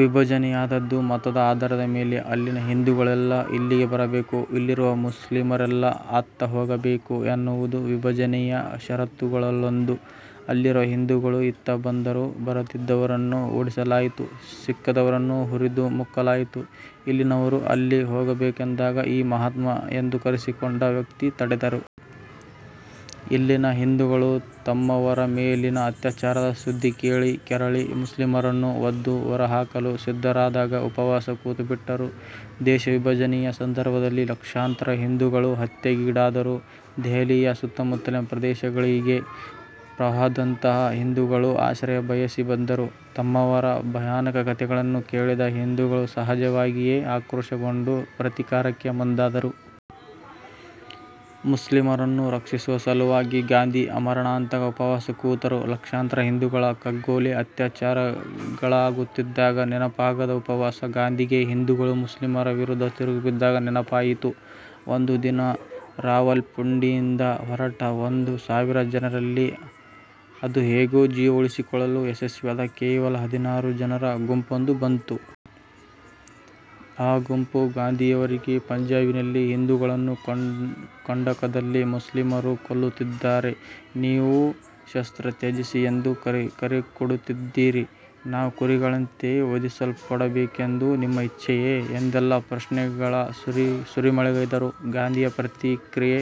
ವಿಭಜನೆಯಾದದ್ದು ಮತದ ಆಧಾರದ ಮೇಲೆ. ಅಲ್ಲಿನ ಹಿಂದೂಗಳೆಲ್ಲಾ ಇಲ್ಲಿಗೆ ಬರಬೇಕು. ಇಲ್ಲಿರುವ ಮುಸ್ಲಿಮರೆಲ್ಲಾ ಅತ್ತ ಹೋಗಬೇಕು ಎನ್ನುವುದೂ ವಿಭಜನೆಯ ಷರತ್ತುಗಳಲ್ಲೊಂದು. ಅಲ್ಲಿರುವ ಹಿಂದೂಗಳು ಇತ್ತ ಬಂದರು. ಬರದಿದ್ದವರನ್ನು ಓಡಿಸಲಾಯಿತು. ಸಿಕ್ಕಿದವರನ್ನು ಹುರಿದು ಮುಕ್ಕಲಾಯಿತು. ಇಲ್ಲಿನವರು ಅಲ್ಲಿ ಹೋಗಬೇಕೆಂದಾಗ ಈ ಮಹಾತ್ಮ ಎಂದು ಕರೆಸಿಕೊಂಡ ವ್ಯಕ್ತಿ ತಡೆದರು. ಇಲ್ಲಿನ ಹಿಂದೂಗಳು ತಮ್ಮವರ ಮೇಲಿನ ಅತ್ಯಾಚಾರದ ಸುದ್ದಿ ಕೇಳಿ ಕೆರಳಿ ಮುಸ್ಲಿಮರನ್ನು ಒದ್ದು ಹೊರಹಾಕಲು ಸಿದ್ಧರಾದಾಗ ಉಪವಾಸ ಕೂತುಬಿಟ್ಟರು. ದೇಶವಿಭಜನೆಯ ಸಂದರ್ಭದಲ್ಲಿ ಲಕ್ಷಾಂತರ ಹಿಂದೂಗಳು ಹತ್ಯೆಗೀಡಾದರು. ದೆಹಲಿಯ ಸುತ್ತಮುತ್ತಲಿನ ಪ್ರದೇಶಗಳಿಗೆ ಪ್ರವಾಹದಂತೆ ಹಿಂದೂಗಳು ಆಶ್ರಯ ಬಯಸಿ ಬಂದರು. ತಮ್ಮವರ ಭಯಾನಕ ಕಥೆಗಳನ್ನು ಕೇಳಿದ ಹಿಂದೂಗಳು ಸಹಜವಾಗಿಯೇ ಆಕ್ರೋಶಗೊಂಡು ಪ್ರತೀಕಾರಕ್ಕೆ ಮುಂದಾದರು. ಮುಸ್ಲಿಮರನ್ನು ರಕ್ಷಿಸುವ ಸಲುವಾಗಿ ಗಾಂಧಿ ಆಮರಣಾಂತ ಉಪವಾಸ ಕೂತರು. ಲಕ್ಷಾಂತರ ಹಿಂದೂಗಳ ಕಗ್ಗೊಲೆ, ಅತ್ಯಾಚಾರಗಳಾಗುತ್ತಿದ್ದಾಗ ನೆನಪಾಗದ ಉಪವಾಸ ಗಾಂಧಿಗೆ ಹಿಂದೂಗಳು ಮುಸ್ಲಿಮರ ವಿರುದ್ಧ ತಿರುಗಿಬಿದ್ದಾಗ ನೆನಪಾಯಿತು! ಒಂದು ದಿನ ರಾವಲ್ಪಿಂಡಿಯಿಂದ ಹೊರಟ ಒಂದು ಸಾವಿರ ಜನರಲ್ಲಿ ಅದು ಹೇಗೋ ಜೀವ ಉಳಿಸಿಕೊಳ್ಳಲು ಯಶಸ್ವಿಯಾದ ಕೇವಲ ಹದಿನಾರು ಜನರ ಗುಂಪೊಂದು ಬಂತು. ಅ ಗುಂಪು ಗಾಂಧಿಯವರಿಗೆ " ಪಂಜಾಬಿನಲ್ಲಿ ಹಿಂದೂಗಳನ್ನು ಕಂಡಕಂದಲ್ಲಿ ಮುಸ್ಲಿಮರು ಕೊಲ್ಲುತ್ತಿದ್ದಾರೆ. ನೀವೋ ಶಸ್ತ್ರ ತ್ಯಜಿಸಿ ಎಂದು ಕರೆಕೊಡುತ್ತಿದ್ದೀರಿ. ನಾವು ಕುರಿಗಳಂತೆ ವಧಿಸಲ್ಪಡಬೇಕೆಂದು ನಿಮ್ಮ ಇಚ್ಛೆಯೇ? " ಎಂದೆಲ್ಲಾ ಪ್ರಶ್ನೆಗಳ ಸುರಿಮಳೆಗೈದರು. ಗಾಂಧಿಯ ಪ್ರತಿಕ್ರಿಯೆ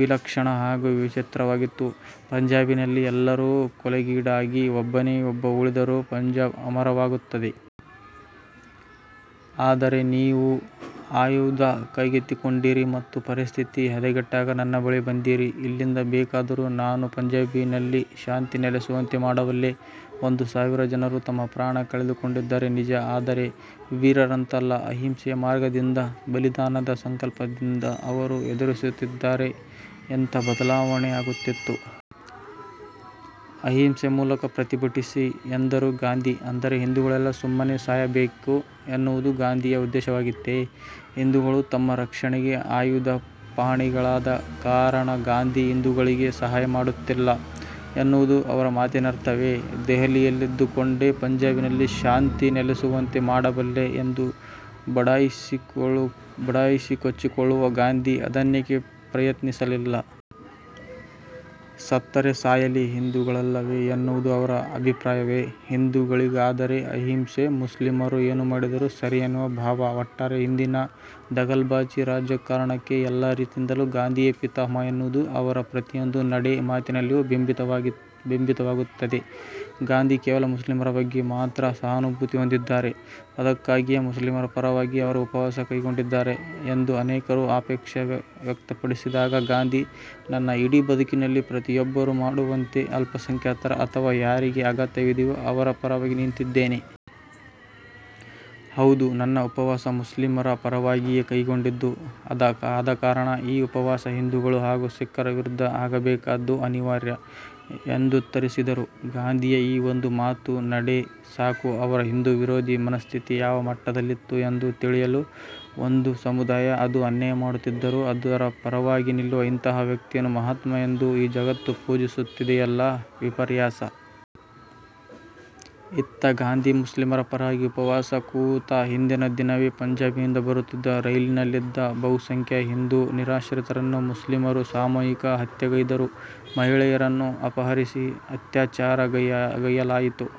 ವಿಲಕ್ಷಣ ಹಾಗೂ ವಿಚಿತ್ರವಾಗಿತ್ತು. "ಪಂಜಾಬಿನಲ್ಲಿ ಎಲ್ಲರೂ ಕೊಲೆಗೀಡಾಗಿ ಒಬ್ಬನೇ ಒಬ್ಬ ಉಳಿದರೂ ಪಂಜಾಬ್ ಅಮರವಾಗುತ್ತದೆ. ಆದರೆ ನೀವು ಆಯುಧ ಕೈಗೆತ್ತಿಕೊಂಡಿರಿ ಮತ್ತು ಪರಿಸ್ಥಿತಿ ಹದಗೆಟ್ಟಾಗ ನನ್ನ ಬಳಿ ಬಂದಿರಿ. ಇಲ್ಲಿಂದ ಬೇಕಾದರೂ ನಾನು ಪಂಜಾಬಿನಲ್ಲಿ ಶಾಂತಿ ನೆಲೆಸುವಂತೆ ಮಾಡಬಲ್ಲೆ. ಒಂದು ಸಾವಿರ ಜನರು ತಮ್ಮ ಪ್ರಾಣ ಕಳೆದುಕೊಂಡಿದ್ದಾರೆ ನಿಜ. ಆದರೆ ವೀರರಂತಲ್ಲ. ಅಹಿಂಸೆಯ ಮಾರ್ಗದಿಂದ, ಬಲಿದಾನದ ಸಂಕಲ್ಪದಿಂದ ಅವರು ಎದುರಿಸುತ್ತಿದ್ದರೆ ಎಂಥ ಬದಲಾವಣೆ ಆಗುತ್ತಿತ್ತು. ಅಹಿಂಸೆ ಮೂಲಕ ಪ್ರತಿಭಟಿಸಿ" ಎಂದರು ಗಾಂಧಿ.. ಅಂದರೆ ಹಿಂದೂಗಳೆಲ್ಲಾ ಸುಮ್ಮನೆ ಸಾಯಬೇಕು ಎನ್ನುವುದು ಗಾಂಧಿಯ ಉದ್ದೇಶವಾಗಿತ್ತೇ? ಹಿಂದೂಗಳು ತಮ್ಮ ರಕ್ಷಣೆಗೆ ಆಯುಧಪಾಣಿಗಳಾದ ಕಾರಣ ಗಾಂಧಿ ಹಿಂದೂಗಳಿಗೆ ಸಹಾಯ ಮಾಡುತ್ತಿಲ್ಲ ಎನ್ನುವುದು ಅವರ ಮಾತಿನರ್ಥವೇ? ದೆಹಲಿಯಲ್ಲಿದ್ದುಕೊಂಡೇ ಪಂಜಾಬಿನಲ್ಲಿ ಶಾಂತಿ ನೆಲೆಸುವಂತೆ ಮಾಡಬಲ್ಲೆ ಎಂದು ಬಡಾಯಿಕೊಚ್ಚಿಕೊಳ್ಳುವ ಗಾಂಧಿ ಅದನ್ನೇಕೆ ಪ್ರಯತ್ನಿಸಲಿಲ್ಲ. ಸತ್ತರೆ ಸಾಯಲಿ, ಹಿಂದೂಗಳಲ್ಲವೇ ಎನ್ನುವುದು ಅವರ ಅಭಿಪ್ರಾಯವೇ? ಹಿಂದೂಗಳಿಗಾದರೆ ಅಹಿಂಸೆ, ಮುಸ್ಲಿಮರು ಏನು ಮಾಡಿದರೂ ಸರಿ ಎನ್ನುವ ಭಾವ! ಒಟ್ಟಾರೆ ಇಂದಿನ ದಗಲ್ಬಾಜಿ ರಾಜಕಾರಣಕ್ಕೆ ಎಲ್ಲಾ ರೀತಿಯಿಂದಲೂ ಗಾಂಧಿಯೇ ಪಿತಾಮಹ ಎನ್ನುವುದು ಅವರ ಪ್ರತಿಯೊಂದು ನಡೆ, ಮಾತಿನಲ್ಲಿಯೂ ಬಿಂಬಿತವಾಗುತ್ತದೆ. ಗಾಂಧಿ ಕೇವಲ ಮುಸ್ಲಿಮರ ಬಗ್ಗೆ ಮಾತ್ರ ಸಹಾನುಭೂತಿ ಹೊಂದಿದ್ದಾರೆ, ಅದಕ್ಕಾಗಿಯೇ ಮುಸ್ಲಿಮರ ಪರವಾಗಿ ಅವರು ಉಪವಾಸ ಕೈಗೊಂಡಿದ್ದಾರೆ ಎಂದು ಅನೇಕರು ಆಕ್ಷೇಪ ವ್ಯಕ್ತಪಡಿಸಿದಾಗ ಗಾಂಧಿ, "ನನ್ನ ಇಡೀ ಬದುಕಿನಲ್ಲಿ ಪ್ರತಿಯೊಬ್ಬರೂ ಮಾಡುವಂತೆ ಅಲ್ಪಸಂಖ್ಯಾತರ ಅಥವಾ ಯಾರಿಗೆ ಅಗತ್ಯವಿದೆಯೋ ಅವರ ಪರವಾಗಿ ನಿಂತಿದ್ದೇನೆ. ಹೌದು ನನ್ನ ಉಪವಾಸ ಮುಸ್ಲಿಮರ ಪರವಾಗಿಯೇ ಕೈಗೊಂಡಿದ್ದು. ಆದಕಾರಣ ಈ ಉಪವಾಸ ಹಿಂದೂಗಳು ಹಾಗೂ ಸಿಖ್ಖರ ವಿರುದ್ಧ ಆಗಬೇಕಾದ್ದು ಅನಿವಾರ್ಯ" ಎಂದುತ್ತರಿಸಿದರು.. ಗಾಂಧಿಯ ಈ ಒಂದು ಮಾತು-ನಡೆ ಸಾಕು, ಅವರ ಹಿಂದೂ ವಿರೋಧಿ ಮನಸ್ಥಿತಿ ಯಾವ ಮಟ್ಟದಲ್ಲಿತ್ತು ಎಂದು ತಿಳಿಯಲು. ಒಂದು ಸಮುದಾಯ ಅದು ಅನ್ಯಾಯ ಮಾಡುತ್ತಿದ್ದರೂ, ಅದರ ಪರವಾಗಿ ನಿಲ್ಲುವ ಇಂತಹ ವ್ಯಕ್ತಿಯನ್ನು ಮಹಾತ್ಮ ಎಂದು ಈ ಜಗತ್ತು ಪೂಜಿಸುತ್ತಿದೆಯಲ್ಲ, ವಿಪರ್ಯಾಸ! ಇತ್ತ ಗಾಂಧಿ ಮುಸ್ಲಿಮರ ಪರವಾಗಿ ಉಪವಾಸ ಕೂತ ಹಿಂದಿನ ದಿನವೇ ಪಂಜಾಬಿನಿಂದ ಬರುತ್ತಿದ್ದ ರೈಲಿನಲ್ಲಿದ್ದ ಬಹುಸಂಖ್ಯೆಯ ಹಿಂದೂ ನಿರಾಶ್ರಿತರನ್ನು ಮುಸ್ಲಿಮರು ಸಾಮೂಹಿಕ ಹತ್ಯೆಗೈದರು. ಮಹಿಳೆಯರನ್ನು ಅಪಹರಿಸಿ ಅತ್ಯಾಚಾರಗೈಯ್ಯಲಾಯಿತು.